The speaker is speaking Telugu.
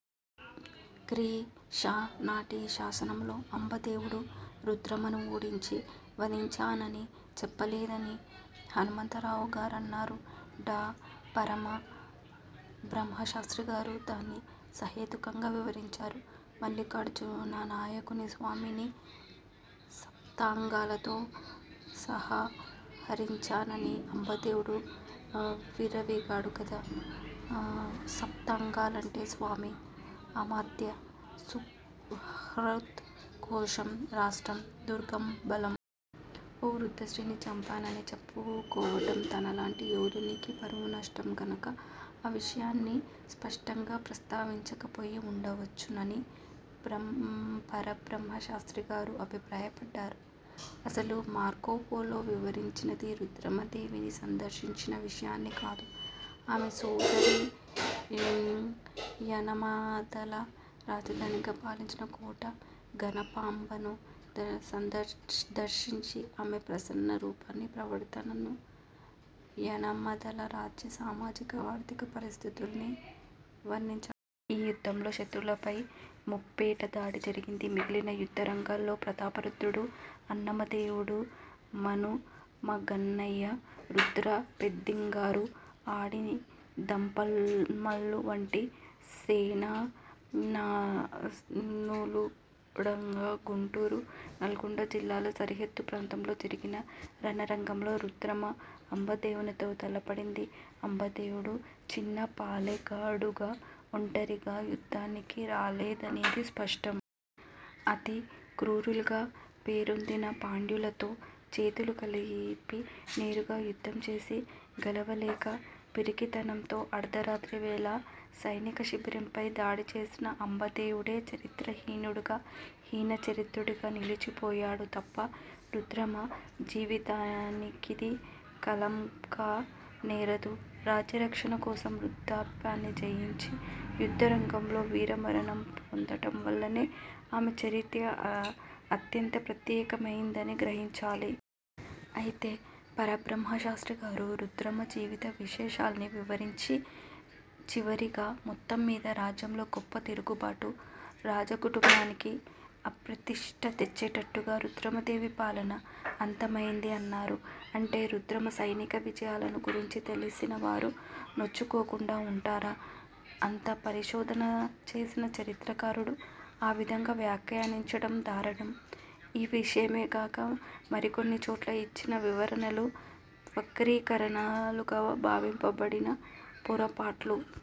క్రీ. శ. నాటి ఈ శాసనంలో అంబదేవుడు రుద్రమను ఓడించి వధించానని చెప్పలేదని హనుమంతరావుగారన్నారు. డా. పరబ్రహ్మశాస్త్రిగారు దాన్ని సహేతుకంగా వివరించారు. మల్లికార్జున నాయకుని స్వామి ని సప్తాంగాలతో సహా హరించానని అంబదేవుడు విర్రవీగాడు గదా! సప్తాంగాలంటే స్వామి, అమాత్య, సుహృత్, కోశం, రాష్ట్రం, దుర్గం, బలం. ''ఓ వృద్ధ స్త్రీని చంపానని చెప్పుకోవటం తనలాంటి యోధునికి పరువునష్టం కనుక ఆ విషయాన్ని స్పష్టంగా ప్రస్తావించకపోయి ఉండవచ్చు''నని పరబ్రహ్మశాస్త్రిగారు అభిప్రాయ పడ్డారు. అసలు మార్కొపోలో వివరించినది రుద్రమదేవిని సందర్శించిన విషయాన్ని కాదు. ఆమె సోదరి, యనమదల రాజధానిగా పాలించిన కోట గణపాంబను దర్శించి, ఆమె ప్రసన్న రూపాన్ని, ప్రవర్తనను, యనమదల రాజ్య సామాజిక, ఆర్థిక పరిస్థితుల్ని వర్ణించాడు. ఈ యుద్ధంలో శత్రువుల పై ముప్పేట దాడి జరిగింది. మిగిలిన యుద్ధరంగాల్లో ప్రతాపరుద్రుడు, అన్నమ దేవుడు, మనుమగన్నయ, రుద్రపెద్దింగారు, అడిదంమల్లు వంటి సేనానులుండగా, గుంటూరు, నల్గొండ జిల్లాల సరిహద్దు ప్రాంతంలో జరిగిన రణరంగంలో రుద్రమ అంబదేవునితో తలపడింది. అంబదేవుడు చిన్నపాలెగాడుగా ఒంటరిగా యుద్ధానికి రాలేదనేది స్పష్టం. అతిక్రూరులుగా పేరొందిన పాండ్యులతో చేతులు కలిపి నేరుగా యుద్ధం చేసి గెలవలేక పిరికితనంతో అర్ధరాత్రివేళ సైనిక శిబిరంపై దాడి చేసిన అంబదేవుడే చరిత్రహీనుడుగా, హీనచరిత్రుడిగా నిలిచిపోయాడు తప్ప రుద్రమ జీవితానికిది కళంకం కానేరదు. రాజ్యరక్షణ కోసం వృద్ధాప్యాన్ని జయించి యుద్ధరంగంలో వీరమరణం పొందటంవల్లనే ఆమె చరిత్ర అత్యంత ప్రత్యేకమైనదని గ్రహించాలి. అయితే పరబ్రహ్మశాస్త్రిగారు రుద్రమ జీవిత విశేషాల్ని వివరించి చివరిగా, ''మొత్తం మీద రాజ్యంలో గొప్ప తిరుగుబాటు, రాజకుటుంబానికి అప్రతిష్ట తెచ్చేటట్టుగా రుద్రమదేవి పాలన అంతమైంది'' అన్నారు. అంటే రుద్రమ సైనిక విజయాలను గురించి తెలిసిన వారు నొచ్చుకోకుండా ఉంటారా? అంత పరిశోధన చేసిన చరిత్రకారుడు ఆవిధంగా వ్యాఖ్యానించటం దారుణం. ఈ విషయమేగాక మరికొన్ని చోట్ల ఇచ్చిన వివరణలు వక్రీకరణలుగా భావింపబడిన పొరపాట్లు